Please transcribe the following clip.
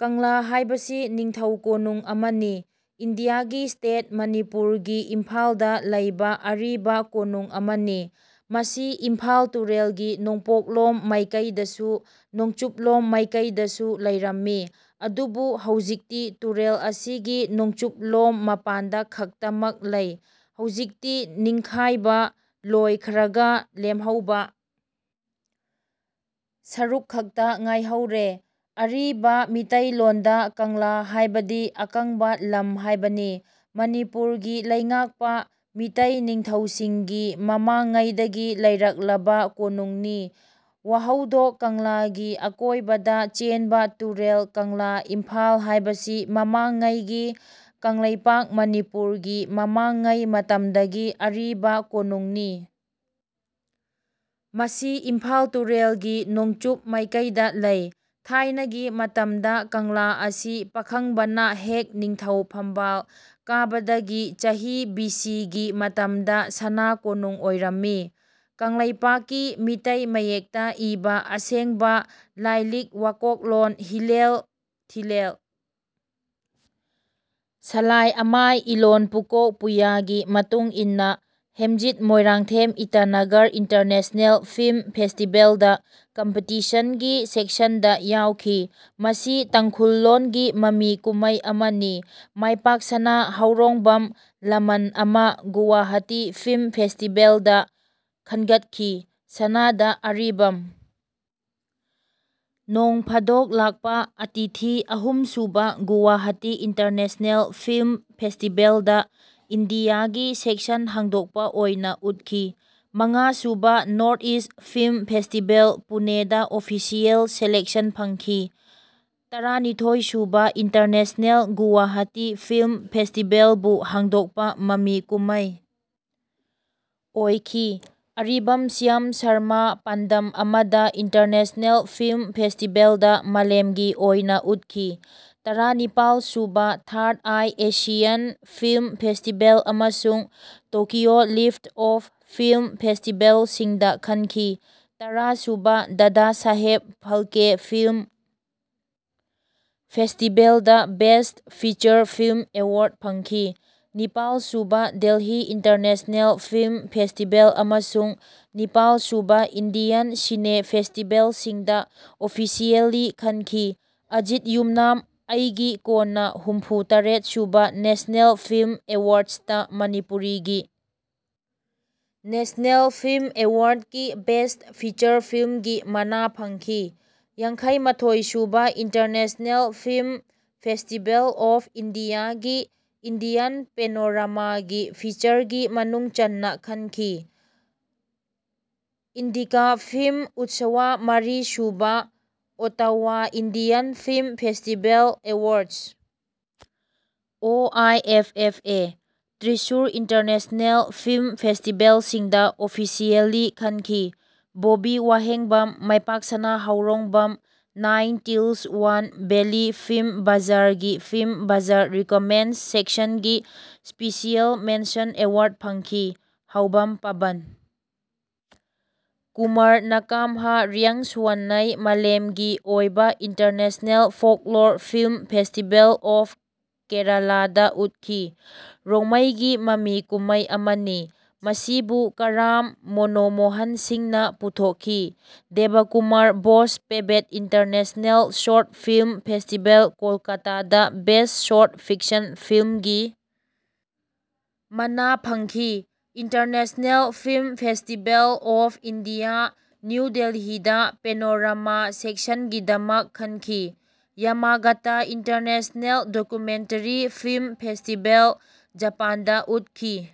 ꯀꯪꯂꯥ ꯍꯥꯏꯕꯁꯤ ꯅꯤꯡꯊꯧ ꯀꯣꯅꯨꯡ ꯑꯃꯅꯤ꯫ ꯏꯟꯗꯤꯌꯥꯒꯤ ꯁ꯭ꯇꯦꯠ ꯃꯅꯤꯄꯨꯔꯒꯤ ꯏꯝꯐꯥꯜꯗ ꯂꯩꯕ ꯑꯔꯤꯕꯥ ꯀꯣꯅꯨꯡ ꯑꯃꯅꯤ꯫ ꯃꯁꯤ ꯏꯝꯐꯥꯜ ꯇꯨꯔꯦꯜꯒꯤ ꯅꯣꯡꯄꯣꯛꯂꯣꯝ ꯃꯥꯏꯀꯩꯗꯁꯨ ꯅꯣꯡꯆꯨꯞꯂꯣꯝ ꯃꯥꯏꯀꯩꯗꯁꯨ ꯂꯩꯔꯝꯃꯤ꯫ ꯑꯗꯨꯕꯨ ꯍꯧꯖꯤꯛꯇꯤ ꯇꯨꯔꯦꯜ ꯑꯁꯤꯒꯤ ꯅꯣꯡꯆꯨꯞꯂꯣꯝ ꯃꯄꯥꯟꯗ ꯈꯛꯇꯃꯛ ꯂꯩ꯫ ꯍꯧꯖꯤꯛꯇꯤ ꯅꯤꯡꯈꯥꯏꯕ ꯂꯣꯏꯈ꯭ꯔꯒ ꯂꯦꯝꯍꯧꯕ ꯁꯔꯨꯛ ꯈꯛꯇ ꯉꯥꯏꯍꯧꯔꯦ꯫ ꯑꯔꯤꯕ ꯃꯤꯇꯩꯂꯣꯟꯗ ꯀꯪꯂꯥ ꯍꯥꯏꯕꯗꯤ ꯑꯀꯪꯕ ꯂꯝ ꯍꯥꯢꯕꯅꯤ꯫ ꯃꯅꯤꯄꯨꯔꯒꯤ ꯂꯩꯉꯥꯛꯄ ꯃꯤꯇꯩ ꯅꯤꯡꯊꯧꯁꯤꯡꯒꯤ ꯃꯃꯥꯡꯉꯩꯗꯒꯤ ꯂꯩꯔꯛꯂꯕ ꯀꯣꯅꯨꯡꯅꯤ꯫ ꯋꯥꯍꯧꯗꯣꯛ ꯀꯪꯂꯥꯒꯤ ꯑꯀꯣꯢꯕꯗ ꯆꯦꯟꯕ ꯇꯨꯔꯦꯜ ꯀꯪꯂꯥ(ꯏꯝꯐꯥꯜ) ꯍꯥꯏꯕꯁꯤ ꯃꯃꯥꯡꯉꯩ ꯒꯤ ꯀꯪꯂꯩꯄꯥꯛ(ꯃꯅꯤꯄꯨꯔ) ꯒꯤ ꯃꯃꯥꯡꯉꯩ ꯃꯇꯝꯗꯒꯤ ꯑꯔꯤꯕ ꯀꯣꯅꯨꯡ ꯅꯤ꯫ ꯃꯁꯤ ꯏꯝꯐꯥꯜ ꯇꯨꯔꯦꯜꯒꯤ ꯅꯣꯡꯆꯨꯞ ꯃꯥꯏꯀꯩꯗ ꯂꯩ꯫ ꯊꯥꯏꯅꯒꯤ ꯃꯇꯝꯗ 'ꯀꯪꯂꯥ' ꯑꯁꯤ ꯄꯥꯈꯪꯕꯅ ꯍꯦꯛ ꯅꯤꯡꯊꯧ ꯐꯝꯕꯥꯜ ꯀꯥꯕꯗꯒꯤ ꯆꯍꯤ ꯕꯤ ꯁꯤ ꯒꯤ ꯃꯇꯝꯗ ꯁꯅꯥ ꯀꯣꯅꯨꯡ ꯑꯣꯏꯔꯝꯃꯤ꯫ ꯀꯪꯂꯩꯄꯥꯛ ꯀꯤ ꯃꯤꯇꯩ ꯃꯌꯦꯛꯇ ꯏꯕ ꯑꯁꯦꯡꯕ ꯂꯥꯏꯂꯤꯛ ꯋꯥꯀꯣꯛꯂꯣꯟ ꯍꯤꯂꯦꯜ ꯊꯤꯂꯦꯜ ꯁꯂꯥꯏ ꯑꯃꯥꯏ ꯏꯂꯣꯟ ꯄꯨꯀꯣꯛ ꯄꯨꯌꯥꯒꯤ ꯃꯇꯨꯡ ꯏꯟꯅ꯫ ꯍꯦꯝꯖꯤꯠ ꯃꯣꯏꯔꯥꯡꯊꯦꯝ ꯏꯇꯥꯅꯒꯔ ꯏꯟꯇꯔꯅꯦꯁꯅꯦꯜ ꯐꯤꯜꯝ ꯐꯦꯁꯇꯤꯚꯦꯜꯗ ꯀꯝꯄꯤꯇꯤꯁꯟꯒꯤ ꯁꯦꯛꯁꯟꯗ ꯌꯥꯎꯈꯤ꯫ ꯃꯁꯤ ꯇꯥꯡꯈꯨꯜ ꯂꯣꯟꯒꯤ ꯃꯃꯤ ꯀꯨꯝꯃꯩ ꯑꯃꯅꯤ꯫ ꯃꯥꯏꯄꯥꯛꯁꯅꯥ ꯍꯥꯎꯔꯣꯡꯕꯝ 'ꯂꯃꯟ ꯑꯃꯥ' ꯒꯨꯋꯥꯍꯥꯇꯤ ꯐꯤꯜꯝ ꯐꯦꯁꯇꯤꯚꯦꯜ ꯗ ꯈꯟꯒꯠꯈꯤ꯫ ꯁꯅꯗ ꯑꯔꯤꯕꯝ 'ꯅꯣꯡꯐꯥꯗꯣꯛ ꯂꯥꯛꯄ ꯑꯇꯤꯊꯤ' ꯑꯍꯨꯝ ꯁꯨꯕ ꯒꯨꯋꯥꯍꯥꯇꯤ ꯏꯟꯇꯔꯅꯦꯁꯅꯦꯜ ꯐꯤꯜꯝ ꯐꯦꯁꯇꯤꯚꯦꯜꯗ ꯏꯟꯗꯤꯌꯥꯒꯤ ꯁꯦꯛꯁꯟ ꯍꯥꯡꯗꯣꯛꯄ ꯑꯣꯏꯅ ꯎꯠꯈꯤ꯫ ꯃꯉꯥ ꯁꯨꯕ ꯅꯣꯔ꯭ꯊ-ꯏꯁ꯭ꯇ ꯐꯤꯜꯝ ꯐꯦꯁꯇꯤꯚꯦꯜ ꯄꯨꯅꯦꯗ ꯑꯣꯐꯤꯁꯤꯌꯦꯜ ꯁꯦꯂꯦꯛꯁꯟ ꯐꯪꯈꯤ꯫ ꯇꯔꯥꯅꯤꯊꯣꯏ ꯁꯨꯕ ꯏꯟꯇꯔꯅꯦꯁꯅꯦꯜ ꯒꯨꯋꯥꯍꯥꯇꯤ ꯐꯤꯜꯝ ꯐꯦꯁꯇꯤꯚꯦꯜ ꯕꯨ ꯍꯥꯡꯗꯣꯛꯄ ꯃꯃꯤ ꯀꯨꯃꯃꯩ ꯑꯣꯏꯈꯤ꯫ ꯑꯔꯤꯕꯝ ꯁ꯭ꯌꯥꯝ ꯁꯔꯃ 'ꯄꯥꯟꯗꯝ ꯑꯃꯗ' ꯏꯟꯇꯔꯅꯦꯁꯅꯦꯜ ꯐꯤꯜꯝ ꯐꯦꯁꯇꯤꯚꯦꯜꯗ ꯃꯥꯂꯦꯝꯒꯤ ꯑꯣꯏꯅ ꯎꯠꯈꯤ꯫ ꯇꯔꯥ ꯅꯤꯄꯥꯜ ꯁꯨꯕ third eye Asian film festival ꯑꯃꯁꯨꯡ ꯇꯣꯀꯤꯌꯣ ꯂꯤꯐ꯭ꯇ-ꯑꯣꯐ ꯐꯤꯜ꯭ꯝ ꯐꯦꯁꯇꯤꯚꯦꯜ ꯁꯤꯡꯗ ꯈꯟꯈꯤ꯫ ꯇꯔꯥ ꯁꯨꯕ 'ꯗꯥꯗꯥ ꯁꯥꯍꯦꯕ' ꯐꯥꯜꯀꯦ ꯐꯤꯜꯝ ꯐꯦꯁꯇꯤꯚꯦꯜꯗ ꯕꯦꯁ꯭ꯇ ꯐꯤꯆꯔ ꯐꯤꯜꯝ ꯑꯦꯋꯥꯔ꯭ꯗ ꯐꯪꯈꯤ꯫ ꯅꯤꯄꯥꯜ ꯁꯨꯕ ꯗꯦꯜꯍꯤ ꯏꯟꯇꯔꯅꯦꯁꯅꯦꯜ ꯐꯤꯜꯝ ꯐꯦꯁꯇꯤꯚꯦꯜ ꯑꯃꯁꯨꯡ ꯅꯤꯄꯥꯜ ꯁꯨꯕ ꯏꯟꯗꯤꯌꯟ ꯁꯤꯅꯦ ꯐꯦꯁꯇꯤꯚꯦꯜ ꯁꯤꯡꯗ ꯑꯣꯐꯤꯁꯤꯌꯦꯜꯂꯤ ꯈꯟꯈꯤ꯫ ꯑꯖꯤꯠ ꯌꯨꯝꯅꯥꯝ 'ꯑꯩꯒꯤ ꯀꯣꯟꯅ' ꯍꯨꯝꯐꯨ - ꯇꯔꯦꯠ ꯁꯨꯕ ꯅꯦꯁꯅꯦꯜ ꯐꯤꯜꯝ ꯑꯦꯋꯥꯔ꯭ꯗ꯭ꯁꯇ ꯃꯅꯤꯄꯨꯔꯤꯒꯤ ꯅꯦꯁꯅꯦꯜ ꯐꯤꯜꯝ ꯑꯦꯋꯥꯔ꯭ꯗꯀꯤ ꯕꯦꯁ꯭ꯇ ꯐꯤꯆꯔ ꯐꯤꯜꯝꯒꯤ ꯃꯅꯥ ꯐꯪꯈꯤ꯫ ꯌꯥꯡꯈꯩ - ꯃꯥꯊꯣꯏ ꯁꯨꯕ ꯏꯟꯇꯔꯅꯦꯁꯅꯦꯜ ꯐꯤꯜꯝ ꯐꯦꯁꯇꯤꯚꯦꯜ ꯑꯣꯐ ꯏꯟꯗꯤꯌꯥꯒꯤ (ꯏꯟꯗꯤꯌꯟ ꯄꯦꯅꯣꯔꯥꯃꯥꯒꯤ) ꯐꯤꯆꯔꯒꯤ ꯃꯅꯨꯡ ꯆꯟꯅ ꯈꯟꯈꯤ꯫ ꯏꯟꯗꯤꯀꯥ ꯐꯤꯜꯝ ꯎꯠꯁ꯭ꯋ ꯃꯔꯤ ꯁꯨꯕ Ottawa Indian film festival awards (O I F F A) Thrissur international film festival ꯁꯤꯡꯗ ꯑꯣꯐꯤꯁꯤꯌꯦꯜꯂꯤ ꯈꯟꯈꯤ꯫ ꯕꯣꯕꯕꯤ ꯋꯥꯍꯦꯡꯕꯝ, ꯃꯥꯏꯄꯥꯛꯁꯅꯥ ꯍꯥꯎꯔꯣꯡꯕꯝ, nine hills one valley film ꯕꯖꯥꯔ ꯒꯤ ꯐꯤꯜꯝ ꯕꯖꯥꯔ ꯔꯤꯀꯃꯦꯟ꯭ꯗ꯭ꯁ ꯁꯦꯛꯁꯟꯒꯤ ꯁ꯭ꯄꯤꯁꯤꯑꯦꯜ ꯃꯦꯟꯁꯟ ꯑꯦꯋꯥꯔ꯭ꯗ ꯐꯪꯈꯤ꯫ ꯍꯥꯎꯕꯝ ꯄꯕꯟ ꯀꯨꯃꯥꯔ ꯅꯥꯀꯥꯝꯍ-ꯔꯤꯑꯥꯡꯁꯨꯋꯥꯟꯅꯩꯛ ꯃꯥꯂꯦꯝꯒꯤ ꯑꯣꯏꯕ international folklore film festival of Kerala ꯗ ꯎꯠꯈꯤ꯫ꯔꯣꯡꯃꯩꯒꯤ ꯃꯃꯤ ꯀꯨꯝꯃꯩ ꯑꯃꯅꯤ꯫ ꯃꯁꯤꯕꯨ ꯀꯔꯥꯝ ꯃꯣꯅꯣꯃꯣꯍꯟ ꯁꯤꯡ ꯅ ꯄꯨꯊꯣꯛꯈꯤ꯫ Debkumar Bose Pebet international short film festival ꯀꯣꯜꯀꯥꯇꯗ ꯕꯦꯁ꯭ꯇ ꯁꯣꯔ꯭ꯇ ꯐꯤꯛꯁꯟ ꯐꯤꯜꯝꯒꯤ ꯃꯅꯥ ꯐꯪꯈꯤ꯫ International film festival of India, new ꯗꯦꯜꯍꯤꯗ ꯄꯦꯅꯣꯔꯥꯃꯥ ꯁꯦꯛꯁꯟꯒꯤꯗꯃꯛ ꯈꯟꯈꯤ꯫ ꯌꯥꯃꯥꯒꯥꯇꯥ ꯏꯟꯇꯔꯅꯦꯁꯅꯦꯜ ꯗꯣꯛ꯭ꯌꯨꯃꯦꯟꯇꯔꯤ ꯐꯤꯜ꯭ꯃ ꯐꯦꯁꯇꯤꯚꯦꯜ, ꯖꯥꯄꯥꯟꯗ ꯎꯠꯈꯤ꯫